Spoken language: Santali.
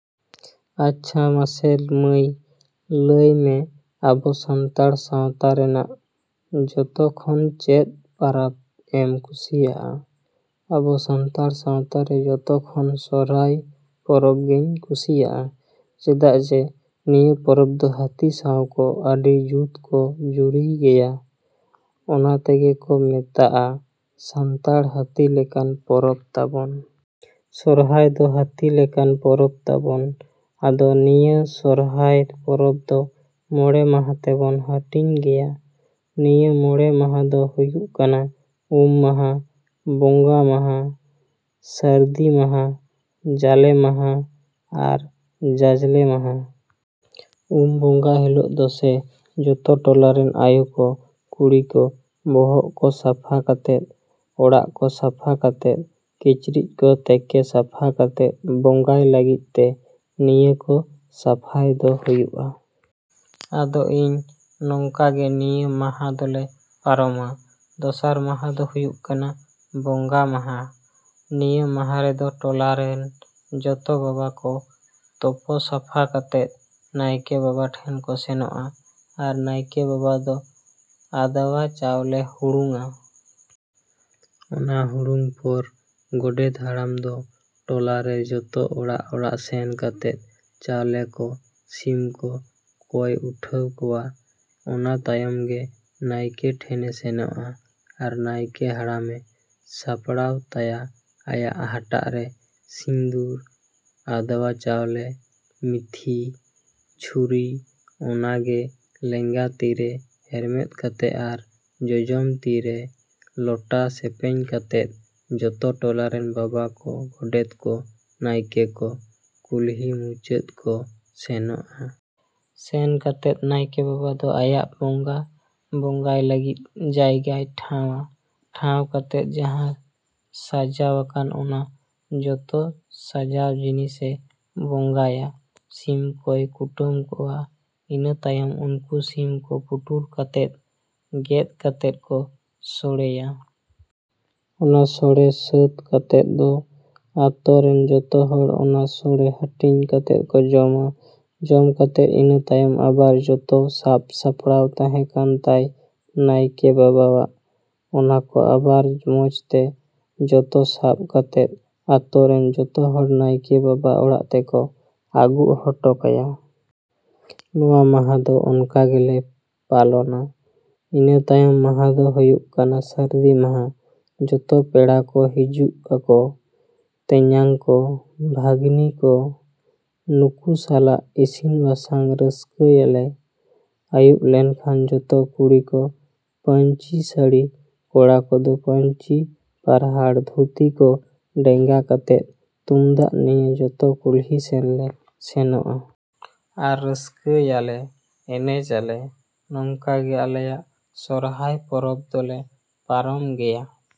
ᱟᱪᱷᱟ ᱢᱟᱥᱮ ᱢᱟᱹᱭ ᱞᱟᱹᱭ ᱢᱮ, ᱟᱵᱚ ᱥᱟᱱᱛᱟᱲ ᱥᱟᱶᱛᱟ ᱨᱮᱱᱟᱜ ᱡᱚᱛᱚ ᱠᱷᱚᱱ ᱪᱮᱫ ᱯᱟᱨᱟᱵᱽ ᱮᱢ ᱠᱩᱥᱤᱭᱟᱜᱼᱟ? ᱟᱵᱚ ᱥᱟᱱᱛᱟᱲ ᱥᱟᱶᱛᱟ ᱨᱮ ᱡᱚᱛᱚ ᱠᱷᱚᱱ ᱥᱚᱨᱦᱟᱭ ᱯᱚᱨᱚᱵᱽ ᱜᱮᱧ ᱠᱩᱥᱤᱭᱟᱜᱼᱟ᱾ ᱪᱮᱫᱟᱜ ᱡᱮ ᱱᱤᱭᱟᱹ ᱯᱚᱨᱚᱵᱽ ᱫᱚ ᱦᱟᱹᱛᱤ ᱥᱟᱶᱠᱚ ᱟᱹᱰᱤ ᱡᱩᱛ ᱠᱚ ᱡᱩᱨᱤᱭ ᱜᱮᱭᱟ, ᱚᱱᱟ ᱛᱮᱜᱮ ᱠᱚ ᱢᱮᱛᱟᱜᱼᱟ ᱥᱟᱱᱛᱟᱲ ᱦᱟᱹᱛᱤ ᱞᱮᱠᱟᱱ ᱯᱚᱨᱚᱵᱽ ᱛᱟᱵᱚᱱ᱾ ᱥᱚᱨᱦᱟᱭ ᱫᱚ ᱦᱟᱹᱛᱤ ᱞᱮᱠᱟᱱ ᱯᱚᱨᱚᱵᱽ ᱛᱟᱵᱚᱱ᱾ ᱟᱫᱚ ᱱᱤᱭᱟᱹ ᱥᱚᱨᱦᱟᱭ ᱯᱚᱨᱚᱵᱽ ᱫᱚ ᱢᱚᱬᱮ ᱢᱟᱦᱟ ᱛᱮᱵᱚᱱ ᱦᱟᱹᱴᱤᱧ ᱜᱮᱭᱟ᱾ ᱱᱤᱭᱟᱹ ᱢᱚᱬᱮ ᱢᱟᱦᱟ ᱫᱚ ᱦᱩᱭᱩᱜ ᱠᱟᱱᱟ ᱩᱢ ᱢᱟᱦᱟ, ᱵᱚᱸᱜᱟ ᱢᱟᱦᱟ, ᱥᱟᱹᱨᱫᱤ ᱢᱟᱦᱟ, ᱡᱟᱞᱮ ᱢᱟᱦᱟ ᱟᱨ ᱡᱟᱡᱞᱮ ᱢᱟᱦᱟ᱾ ᱩᱢ ᱵᱚᱸᱜᱟ ᱦᱤᱞᱳᱜ ᱫᱚ ᱥᱮ ᱡᱚᱛᱚ ᱴᱚᱞᱟ ᱨᱮᱱ ᱟᱭᱳ ᱠᱚ, ᱠᱩᱲᱤ ᱠᱚ ᱵᱚᱦᱚᱜ ᱠᱚ ᱥᱟᱯᱷᱟ ᱠᱟᱛᱮᱫ, ᱚᱲᱟᱜ ᱠᱚ ᱥᱟᱯᱷᱟ ᱠᱟᱛᱮᱫ, ᱠᱤᱪᱨᱤᱡ ᱠᱚ ᱛᱮᱠᱮ ᱥᱟᱯᱷᱟ ᱠᱟᱛᱮᱫ ᱵᱚᱸᱜᱟᱭ ᱞᱟᱹᱜᱤᱫ ᱛᱮ ᱱᱤᱭᱟᱹ ᱠᱚ ᱥᱟᱯᱷᱟᱭ ᱫᱚ ᱦᱩᱭᱩᱜᱼᱟ᱾ ᱟᱫᱚ ᱤᱧ ᱱᱚᱝᱠᱟ ᱜᱮ ᱱᱤᱭᱟᱹ ᱢᱟᱦᱟ ᱫᱚᱞᱮ ᱯᱟᱨᱚᱢᱟ᱾ ᱫᱚᱥᱟᱨ ᱢᱟᱦᱟ ᱫᱚ ᱦᱩᱭᱩᱜ ᱠᱟᱱᱟ ᱵᱚᱸᱜᱟ ᱢᱟᱦᱟ᱾ ᱱᱤᱭᱟᱹ ᱢᱟᱦᱟ ᱨᱮᱫᱚ ᱴᱚᱞᱟ ᱨᱮᱱ ᱡᱚᱛᱚ ᱵᱟᱵᱟ ᱠᱚ ᱛᱚᱯᱚ ᱥᱟᱯᱷᱟ ᱠᱟᱛᱮᱫ ᱱᱟᱭᱠᱮ ᱵᱟᱵᱟ ᱴᱷᱮᱱ ᱠᱚ ᱥᱮᱱᱚᱜᱼᱟ᱾ ᱟᱨ ᱱᱟᱭᱠᱮ ᱵᱟᱵᱟ ᱫᱚ ᱟᱫᱽᱣᱟ ᱪᱟᱣᱞᱮ ᱦᱩᱲᱩᱝᱼᱟ᱾ ᱚᱱᱟ ᱦᱩᱲᱩᱝ ᱯᱚᱨ ᱜᱚᱰᱮᱛ ᱦᱟᱲᱟᱢ ᱫᱚ ᱴᱚᱞᱟ ᱨᱮ ᱡᱚᱛᱚ ᱚᱲᱟᱜᱼᱚᱲᱟᱜ ᱥᱮᱱ ᱠᱟᱛᱮᱫ ᱪᱟᱣᱞᱮ ᱠᱚ, ᱥᱤᱢ ᱠᱚ ᱠᱚᱭ ᱩᱴᱷᱟᱹᱣ ᱠᱚᱣᱟ, ᱚᱱᱟ ᱛᱟᱭᱚᱢ ᱜᱮ ᱱᱟᱭᱠᱮ ᱴᱷᱮᱱᱮ ᱥᱮᱱᱚᱜᱼᱟ᱾ ᱟᱨ ᱱᱟᱭᱠᱮ ᱦᱟᱲᱟᱢ ᱮ ᱥᱟᱯᱲᱟᱣ ᱛᱟᱭᱟ ᱟᱭᱟᱜ ᱦᱟᱴᱟᱜ ᱨᱮ ᱥᱤᱸᱫᱩᱨ, ᱟᱫᱽᱣᱟ ᱪᱟᱣᱞᱮ, ᱢᱤᱛᱷᱤ, ᱪᱷᱩᱨᱤ ᱚᱱᱟᱜᱮ ᱞᱮᱸᱜᱟ ᱛᱤᱨᱮ ᱦᱮᱨᱢᱮᱫ ᱠᱟᱛᱮᱫ ᱟᱨ ᱡᱚᱡᱚᱢ ᱛᱤ ᱨᱮ ᱞᱚᱴᱟ ᱥᱮᱯᱮᱧ ᱠᱟᱛᱮᱫ, ᱡᱚᱛᱚ ᱴᱚᱞᱟ ᱨᱮᱱ ᱵᱟᱵᱟ ᱠᱚ, ᱜᱚᱰᱮᱛ ᱠᱚ, ᱱᱟᱭᱠᱮ ᱠᱚ ᱠᱩᱞᱦᱤ ᱢᱩᱪᱟᱹᱫ ᱠᱚ ᱥᱮᱱᱚᱜᱼᱟ᱾ ᱥᱮᱱ ᱠᱟᱛᱮᱫ ᱱᱟᱭᱠᱮ ᱵᱟᱵᱟ ᱫᱚ ᱟᱭᱟᱜ ᱵᱚᱸᱜᱟ ᱵᱚᱸᱜᱟᱭ ᱞᱟᱹᱜᱤᱫ ᱡᱟᱭᱜᱟᱭ ᱴᱷᱟᱶᱼᱟ᱾ ᱴᱷᱟᱶ ᱠᱟᱛᱮᱫ ᱡᱟᱦᱟᱸ ᱥᱟᱡᱟᱣ ᱟᱠᱟᱱ ᱚᱱᱟ ᱡᱚᱛᱚ ᱥᱟᱡᱟᱣ ᱡᱤᱱᱤᱥ ᱮ ᱵᱚᱸᱜᱟᱭᱟ᱾ ᱥᱤᱢ ᱠᱚᱭ ᱠᱩᱴᱟᱹᱢ ᱠᱚᱣᱟ, ᱤᱱᱟᱹ ᱛᱟᱭᱚᱢ ᱩᱱᱠᱩ ᱥᱤᱢ ᱠᱚ ᱯᱩᱴᱩᱨ ᱠᱟᱛᱮᱫ, ᱜᱮᱛ ᱠᱟᱛᱮᱫ ᱠᱚ ᱥᱚᱲᱮᱭᱟ᱾ ᱚᱱᱟ ᱥᱚᱲᱮ ᱥᱟᱹᱛ ᱠᱟᱛᱮᱫ ᱫᱚ ᱟᱹᱛᱳ ᱨᱮᱱ ᱡᱚᱛᱚ ᱦᱚᱲ ᱚᱱᱟ ᱥᱚᱲᱮ ᱦᱟᱹᱴᱤᱧ ᱠᱟᱛᱮᱫ ᱠᱚ ᱡᱚᱢᱟ᱾ ᱡᱚᱢ ᱠᱟᱛᱮᱫ ᱤᱱᱟᱹ ᱛᱟᱭᱚᱢ ᱟᱵᱟᱨ ᱡᱚᱛᱚ ᱥᱟᱯ ᱥᱟᱯᱲᱟᱣ ᱛᱟᱦᱮᱸ ᱠᱟᱱ ᱛᱟᱭ ᱱᱟᱭᱠᱮ ᱵᱟᱵᱟ ᱟᱜ ᱚᱱᱟ ᱠᱚ ᱟᱵᱟᱨ ᱢᱚᱸᱡᱽ ᱛᱮ ᱡᱚᱛᱚ ᱥᱟᱵ ᱠᱟᱛᱮᱫ ᱟᱹᱛᱳ ᱨᱮᱱ ᱡᱚᱛᱚ ᱦᱚᱲ ᱱᱟᱭᱠᱮ ᱵᱟᱵᱟ ᱚᱲᱟᱜ ᱛᱮᱠᱚ ᱟᱹᱜᱩ ᱦᱚᱴᱚ ᱠᱟᱭᱟ᱾ ᱱᱚᱶᱟ ᱢᱟᱦᱟ ᱫᱚ ᱚᱱᱠᱟ ᱜᱮᱞᱮ ᱯᱟᱞᱚᱱᱟ᱾ ᱤᱱᱟᱹ ᱛᱟᱭᱚᱢ ᱢᱟᱦᱟ ᱫᱚ ᱦᱩᱭᱩᱜ ᱠᱟᱱᱟ ᱥᱟᱹᱨᱫᱤ ᱢᱟᱦᱟ᱾ ᱡᱚᱛᱚ ᱯᱮᱲᱟ ᱠᱚ ᱦᱤᱡᱩᱜ ᱟᱠᱚ, ᱛᱮᱧᱟᱝ ᱠᱚ, ᱵᱷᱟᱹᱜᱱᱤ ᱠᱚ, ᱩᱱᱠᱩ ᱥᱟᱞᱟᱜ ᱤᱥᱤᱱ ᱵᱟᱥᱟᱝ ᱨᱟᱹᱥᱠᱟᱹᱭ ᱟᱞᱮ᱾ ᱟᱭᱩᱵ ᱞᱮᱱᱠᱷᱟᱱ ᱡᱚᱛᱚ ᱠᱩᱲᱤ ᱠᱚ ᱯᱟᱹᱧᱪᱤ ᱥᱟᱹᱲᱤ, ᱠᱚᱲᱟ ᱠᱚᱫᱚ ᱯᱟᱹᱧᱪᱤ ᱯᱟᱨᱦᱟᱲ ᱫᱷᱩᱛᱤ ᱠᱚ ᱰᱮᱝᱜᱟ ᱠᱟᱛᱮᱫ, ᱛᱩᱢᱫᱟᱜ ᱱᱤᱭᱮ ᱡᱚᱛᱚ ᱠᱩᱞᱦᱤ ᱥᱮᱱ ᱞᱮ ᱥᱮᱱᱚᱜᱼᱟ᱾ ᱟᱨ ᱨᱟᱹᱥᱠᱟᱹᱭ ᱟᱞᱮ, ᱮᱱᱮᱡ ᱟᱞᱮ᱾ ᱱᱚᱝᱠᱟ ᱜᱮ ᱟᱞᱮᱭᱟᱜ ᱥᱚᱨᱦᱟᱭ ᱯᱚᱨᱚᱵᱽ ᱫᱚᱞᱮ ᱯᱟᱨᱚᱢ ᱜᱮᱭᱟ᱾